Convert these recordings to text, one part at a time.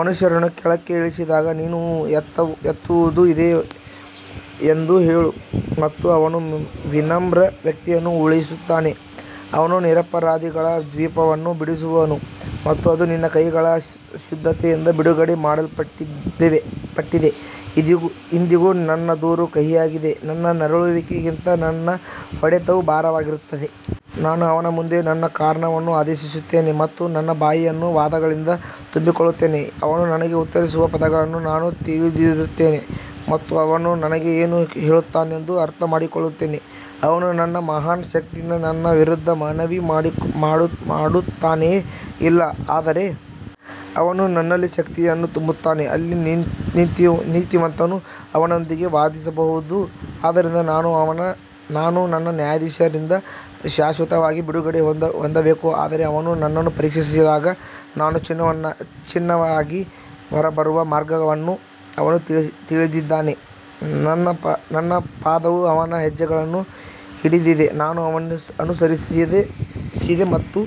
ಮನುಷ್ಯರನ್ನು ಕೆಳಕ್ಕೆ ಇಳಿಸಿದಾಗ ನೀನು ಎತ್ತುವುದು ಇದೆ ಎಂದು ಹೇಳು ಮತ್ತು ಅವನು ವಿನಮ್ರ ವ್ಯಕ್ತಿಯನ್ನು ಉಳಿಸುತ್ತಾನೆ ಅವನು ನಿರಪರಾಧಿಗಳ ದ್ವೀಪವನ್ನು ಬಿಡಿಸುವನು ಮತ್ತು ಅದು ನಿನ್ನ ಕೈಗಳ ಶುದ್ಧತೆಯಿಂದ ಬಿಡುಗಡೆ ಮಾಡಲ್ಪಟ್ಟಿದೆ ಇಂದಿಗೂ ನನ್ನ ದೂರು ಕಹಿಯಾಗಿದೆ, ನನ್ನ ನರಳುವಿಕೆಗಿಂತ ನನ್ನ ಹೊಡೆತವು ಭಾರವಾಗಿರುತ್ತದೆ ನಾನು ಅವನ ಮುಂದೆ ನನ್ನ ಕಾರಣವನ್ನು ಆದೇಶಿಸುತ್ತೇನೆ ಮತ್ತು ನನ್ನ ಬಾಯಿಯನ್ನು ವಾದಗಳಿಂದ ತುಂಬಿಕೊಳ್ಳುತ್ತೇನೆ ಅವನು ನನಗೆ ಉತ್ತರಿಸುವ ಪದಗಳನ್ನು ನಾನು ತಿಳಿದಿರುತ್ತೇನೆ ಮತ್ತು ಅವನು ನನಗೆ ಏನು ಹೇಳುತ್ತಾನೆಂದು ಅರ್ಥಮಾಡಿಕೊಳ್ಳುತ್ತೇನೆ ಅವನು ತನ್ನ ಮಹಾನ್ ಶಕ್ತಿಯಿಂದ ನನ್ನ ವಿರುದ್ಧ ಮನವಿ ಮಾಡುತ್ತಾನೆಯೇ ಇಲ್ಲ ಆದರೆ ಅವನು ನನ್ನಲ್ಲಿ ಶಕ್ತಿಯನ್ನು ತುಂಬುತ್ತಾನೆ ಅಲ್ಲಿ ನೀತಿವಂತನು ಅವನೊಂದಿಗೆ ವಾದಿಸಬಹುದು ಆದ್ದರಿಂದ ನಾನು ನನ್ನ ನ್ಯಾಯಾಧೀಶರಿಂದ ಶಾಶ್ವತವಾಗಿ ಬಿಡುಗಡೆ ಹೊಂದಬೇಕು ಆದರೆ ಅವನು ನನ್ನನ್ನು ಪರೀಕ್ಷಿಸಿದಾಗ ನಾನು ಚಿನ್ನವಾಗಿ ಹೊರಬರುವ ಮಾರ್ಗವನ್ನು ಅವನು ತಿಳಿದಿದ್ದಾನೆ ನನ್ನ ಪಾದವು ಅವನ ಹೆಜ್ಜೆಗಳನ್ನು ಹಿಡಿದಿದೆ ನಾನು ಅನುಸರಿಸಿದೆ ಮತ್ತು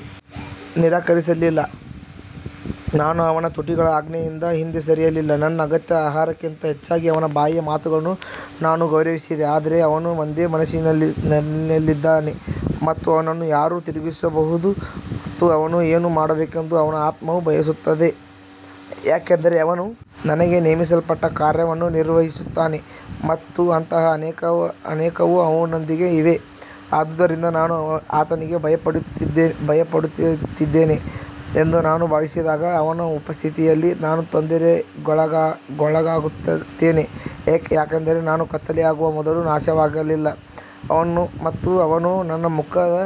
ನಿರಾಕರಿಸಲಿಲ್ಲ ನಾನು ಅವನ ತುಟಿಗಳ ಆಜ್ಞೆಯಿಂದ ಹಿಂದೆ ಸರಿಯಲಿಲ್ಲ, ನನ್ನ ಅಗತ್ಯ ಆಹಾರಕ್ಕಿಂತ ಹೆಚ್ಚಾಗಿ ಅವನ ಬಾಯಿಯ ಮಾತುಗಳನ್ನು ನಾನು ಗೌರವಿಸಿದೆ ಆದರೆ ಅವನು ಒಂದೇ ಮನಸ್ಸಿನಲ್ಲಿದ್ದಾನೆ ಮತ್ತು ಅವನನ್ನು ಯಾರು ತಿರುಗಿಸಬಹುದು ಮತ್ತು ಅವನು ಏನು ಮಾಡಬೇಕೆಂದು ಅವನ ಆತ್ಮವು ಬಯಸುತ್ತದೆ ಯಾಕಂದರೆ ಅವನು ನನಗೆ ನೇಮಿಸಲ್ಪಟ್ಟ ಕಾರ್ಯವನ್ನು ನಿರ್ವಹಿಸುತ್ತಾನೆ ಮತ್ತು ಅಂತಹ ಅನೇಕವು ಅವನೊಂದಿಗೆ ಇವೆ ಆದುದರಿಂದ ನಾನು ಆತನಿಗೆ ಭಯಪಡುತ್ತಿದ್ದೇನೆ ಎಂದು ನಾನು ಭಾವಿಸಿದಾಗ ಅವನ ಉಪಸ್ಥಿತಿಯಲ್ಲಿ ನಾನು ತೊಂದರೆಗೊಳಗಾಗುತ್ತೇನೆ ಯಾಕಂದರೆ ನಾನು ಕತ್ತಲೆಯಾಗುವ ಮೊದಲು ನಾಶವಾಗಲಿಲ್ಲ ಮತ್ತು ಅವನು ನನ್ನ ಮುಖದ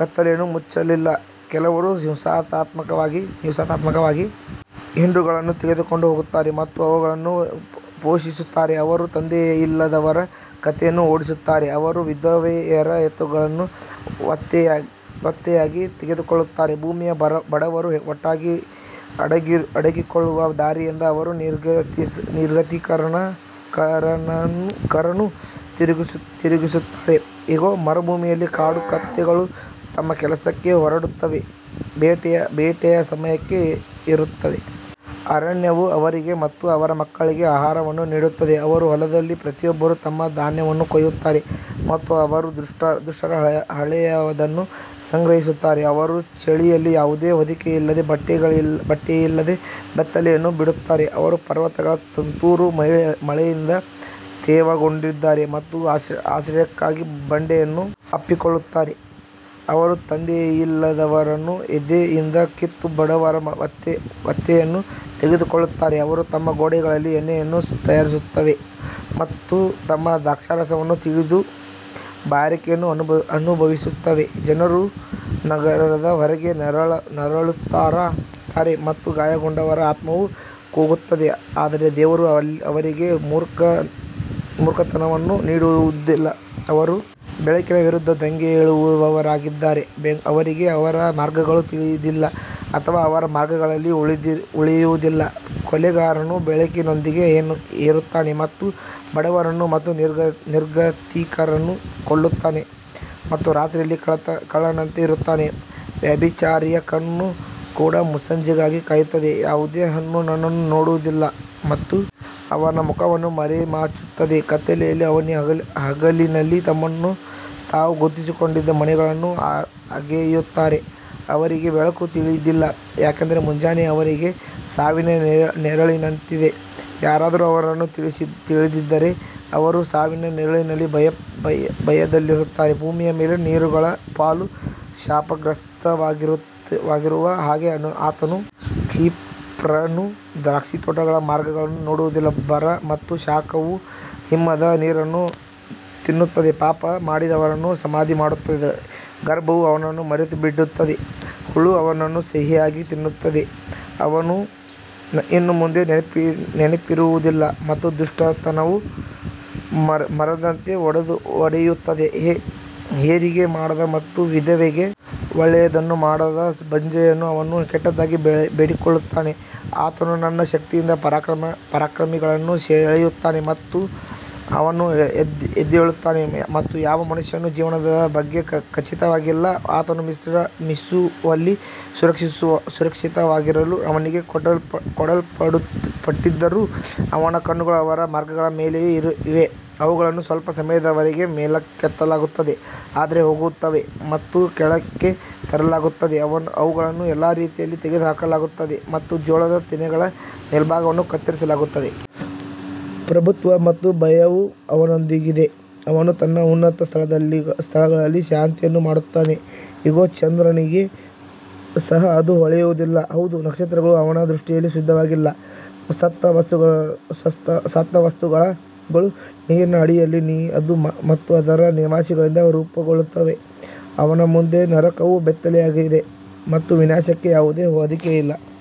ಕತ್ತಲೆಯನ್ನು ಮುಚ್ಚಲಿಲ್ಲ ಕೆಲವರು ಹಿಂಸಾತ್ಮಕವಾಗಿ ಹಿಂಡುಗಳನ್ನು ತೆಗೆದುಕೊಂಡು ಹೋಗುತ್ತಾರೆ ಮತ್ತು ಅವುಗಳನ್ನು ಪೋಷಿಸುತ್ತಾರೆ ಅವರು ತಂದೆಯಿಲ್ಲದವರ ಕತ್ತೆಯನ್ನು ಓಡಿಸುತ್ತಾರೆ, ಅವರು ವಿಧವೆಯರ ಎತ್ತುಗಳನ್ನು ಒತ್ತೆಯಾಗಿ ತೆಗೆದುಕೊಳ್ಳುತ್ತಾರೆ ಭೂಮಿಯ ಬಡವರು ಒಟ್ಟಾಗಿ ಅಡಗಿಕೊಳ್ಳುವ ದಾರಿಯಿಂದ ಅವರು ನಿರ್ಗತಿಕರನ್ನು ತಿರುಗಿಸುತ್ತಾರೆ ಇಗೋ, ಮರುಭೂಮಿಯಲ್ಲಿ ಕಾಡು ಕತ್ತೆಗಳು ತಮ್ಮ ಕೆಲಸಕ್ಕೆ ಹೊರಡುತ್ತವೆ, ಬೇಟೆಯ ಸಮಯಕ್ಕೆ ಏರುತ್ತವೆ ಅರಣ್ಯವು ಅವರಿಗೆ ಮತ್ತು ಅವರ ಮಕ್ಕಳಿಗೆ ಆಹಾರವನ್ನು ನೀಡುತ್ತದೆ ಅವರು ಹೊಲದಲ್ಲಿ ಪ್ರತಿಯೊಬ್ಬರು ತಮ್ಮ ಧಾನ್ಯವನ್ನು ಕೊಯ್ಯುತ್ತಾರೆ ಮತ್ತು ಅವರು ದುಷ್ಟರ ಹಳೆಯದನ್ನು ಸಂಗ್ರಹಿಸುತ್ತಾರೆ ಅವರು ಚಳಿಯಲ್ಲಿ ಯಾವುದೇ ಹೊದಿಕೆಯಿಲ್ಲದ ಬಟ್ಟೆಯಿಲ್ಲದೆ ಬೆತ್ತಲೆಯನ್ನು ಬಿಡುತ್ತಾರೆ ಅವರು ಪರ್ವತಗಳ ತುಂತುರು ಮಳೆಯಿಂದ ತೇವಗೊಂಡಿದ್ದಾರೆ ಮತ್ತು ಆಶ್ರಯಕ್ಕಾಗಿ ಬಂಡೆಯನ್ನು ಅಪ್ಪಿಕೊಳ್ಳುತ್ತಾರೆ ಅವರು ತಂದೆಯಿಲ್ಲದವರನ್ನು ಎದೆಯಿಂದ ಕಿತ್ತು ಬಡವರ ಒತ್ತೆಯನ್ನು ತೆಗೆದುಕೊಳ್ಳುತ್ತಾರೆ ಅವು ತಮ್ಮ ಗೋಡೆಗಳಲ್ಲಿ ಎಣ್ಣೆಯನ್ನು ತಯಾರಿಸುತ್ತವೆ ಮತ್ತು ತಮ್ಮ ದ್ರಾಕ್ಷಾರಸವನ್ನು ತುಳಿದು ಬಾಯಾರಿಕೆಯನ್ನು ಅನುಭವಿಸುತ್ತವೆ ಜನರು ನಗರದ ಹೊರಗೆ ನರಳುತ್ತಾರೆ ಮತ್ತು ಗಾಯಗೊಂಡವರ ಆತ್ಮವು ಕೂಗುತ್ತದೆ ಆದರೆ ದೇವರು ಅವರಿಗೆ ಮೂರ್ಖತನವನ್ನು ನೀಡುವುದಿಲ್ಲ ಅವರು ಬೆಳಕಿನ ವಿರುದ್ಧ ದಂಗೆಯೇಳುವವರಾಗಿದ್ದಾರೆ, ಅವರಿಗೆ ಅದರ ಮಾರ್ಗಗಳು ತಿಳಿದಿಲ್ಲ ಅಥವಾ ಅದರ ಮಾರ್ಗಗಳಲ್ಲಿ ಉಳಿಯುವುದಿಲ್ಲ ಕೊಲೆಗಾರನು ಬೆಳಕಿನೊಂದಿಗೆ ಏರುತ್ತಾನೆ ಮತ್ತು ಬಡವರನ್ನು ಮತ್ತು ನಿರ್ಗತಿಕರನ್ನು ಕೊಲ್ಲುತ್ತಾನೆ ಮತ್ತು ರಾತ್ರಿಯಲ್ಲಿ ಕಳ್ಳನಂತೆ ಇರುತ್ತಾನೆ ವ್ಯಭಿಚಾರಿಯ ಕಣ್ಣು ಕೂಡ ಮುಸ್ಸಂಜೆಗಾಗಿ ಕಾಯುತ್ತದೆ, ಯಾವುದೇ ಕಣ್ಣು ನನ್ನನ್ನು ನೋಡುವುದಿಲ್ಲ ಮತ್ತು ಅವನ ಮುಖವನ್ನು ಮರೆಮಾಚುತ್ತದೆ ಕತ್ತಲೆಯಲ್ಲಿ ಅವರು ಹಗಲಿನಲ್ಲಿ ತಮ್ಮನ್ನು ತಾವು ಗುರುತಿಸಿಕೊಂಡಿದ್ದ ಮನೆಗಳನ್ನು ಅಗೆಯುತ್ತಾರೆ, ಅವರಿಗೆ ಬೆಳಕು ತಿಳಿದಿಲ್ಲ ಯಾಕಂದರೆ ಮುಂಜಾನೆ ಅವರಿಗೆ ಸಾವಿನ ನೆರಳಿನಂತಿದೆ, ಯಾರಾದರೂ ಅವರನ್ನು ತಿಳಿದಿದ್ದರೆ ಅವರು ಸಾವಿನ ನೆರಳಿನ ಭಯದಲ್ಲಿರುತ್ತಾರೆ ಭೂಮಿಯ ಮೇಲೆ ನೀರುಗಳ ಪಾಲು ಶಾಪಗ್ರಸ್ತವಾಗಿರುವ ಹಾಗೆ ಆತನು ಕ್ಷಿಪ್ರನು ದ್ರಾಕ್ಷಿತೋಟಗಳ ಮಾರ್ಗವನ್ನು ನೋಡುವುದಿಲ್ಲ ಬರ ಮತ್ತು ಶಾಖವು ಹಿಮದ ನೀರನ್ನು ತಿನ್ನುತ್ತದೆ, ಪಾಪ ಮಾಡಿದವರನ್ನು ಸಮಾಧಿ ಮಾಡುತ್ತದೆ ಗರ್ಭವು ಅವನನ್ನು ಮರೆತುಬಿಡುತ್ತದೆ, ಹುಳು ಅವನನ್ನು ಸಿಹಿಯಾಗಿ ತಿನ್ನುತ್ತದೆ, ಅವನು ಇನ್ನು ಮುಂದೆ ನೆನಪಿರುವುದಿಲ್ಲ ಮತ್ತು ದುಷ್ಟತನವು ಮರದಂತೆ ಒಡೆಯುತ್ತದೆ ಹೆರಿಗೆ ಮಾಡದ ಮತ್ತು ವಿಧವೆಗೆ ಒಳ್ಳೆಯದನ್ನು ಮಾಡದ ಬಂಜೆಯನ್ನು ಅವನು ಕೆಟ್ಟದಾಗಿ ಬೇಡಿಕೊಳ್ಳುತ್ತಾನೆ ಆತನು ತನ್ನ ಶಕ್ತಿಯಿಂದ ಪರಾಕ್ರಮಿಗಳನ್ನೂ ಸೆಳೆಯುತ್ತಾನೆ ಮತ್ತು ಅವನು ಎದ್ದೇಳುತ್ತಾನೆ ಮತ್ತು ಯಾವ ಮನುಷ್ಯನೂ ಜೀವನದ ಬಗ್ಗೆ ಖಚಿತವಾಗಿಲ್ಲ ಆತನು ವಿಶ್ರಮಿಸುವಲ್ಲಿ ಸುರಕ್ಷಿತವಾಗಿರಲು ಅವನಿಗೆ ಕೊಡಲ್ಪಟ್ಟಿದ್ದರೂ ಅವನ ಕಣ್ಣುಗಳು ಅವರ ಮಾರ್ಗಗಳ ಮೇಲೆಯೇ ಇವೆ ಅವುಗಳನ್ನು ಸ್ವಲ್ಪ ಸಮಯದವರೆಗೆ ಮೇಲಕ್ಕೆತ್ತಲಾಗುತ್ತದೆ ಆದರೆ ಹೋಗುತ್ತವೆ ಮತ್ತು ಕೆಳಕ್ಕೆ ತರಲಾಗುತ್ತದೆ, ಅವುಗಳನ್ನು ಎಲ್ಲಾ ರೀತಿಯಲ್ಲಿ ತೆಗೆದುಹಾಕಲಾಗುತ್ತದೆ ಮತ್ತು ಜೋಳದ ತೆನೆಗಳ ಮೇಲ್ಭಾಗವನ್ನು ಕತ್ತರಿಸಲಾಗುತ್ತದೆ. ಪ್ರಭುತ್ವ ಮತ್ತು ಭಯವು ಅವನೊಂದಿಗಿದೆ ಅವನು ತನ್ನ ಉನ್ನತ ಸ್ಥಳಗಳಲ್ಲಿ ಶಾಂತಿಯನ್ನು ಮಾಡುತ್ತಾನೆ ಇಗೋ ಚಂದ್ರನಿಗೆ ಸಹ ಅದು ಹೊಳೆಯುವುದಿಲ್ಲ, ಹೌದು ನಕ್ಷತ್ರಗಳು ಅವನ ದೃಷ್ಟಿಯಲ್ಲಿ ಶುದ್ಧವಾಗಿಲ್ಲ ಸತ್ತ ವಸ್ತುಗಳು ನೀರಿನ ಅಡಿಯಲ್ಲಿ ಮತ್ತು ಅದರ ನಿವಾಸಿಗಳಿಂದ ರೂಪುಗೊಳ್ಳುತ್ತವೆ ಅವನ ಮುಂದೆ ನರಕವು ಬೆತ್ತಲೆಯಾಗಿದೆ ಮತ್ತು ವಿನಾಶಕ್ಕೆ ಯಾವುದೇ ಹೊದಿಕೆಯಿಲ್ಲ.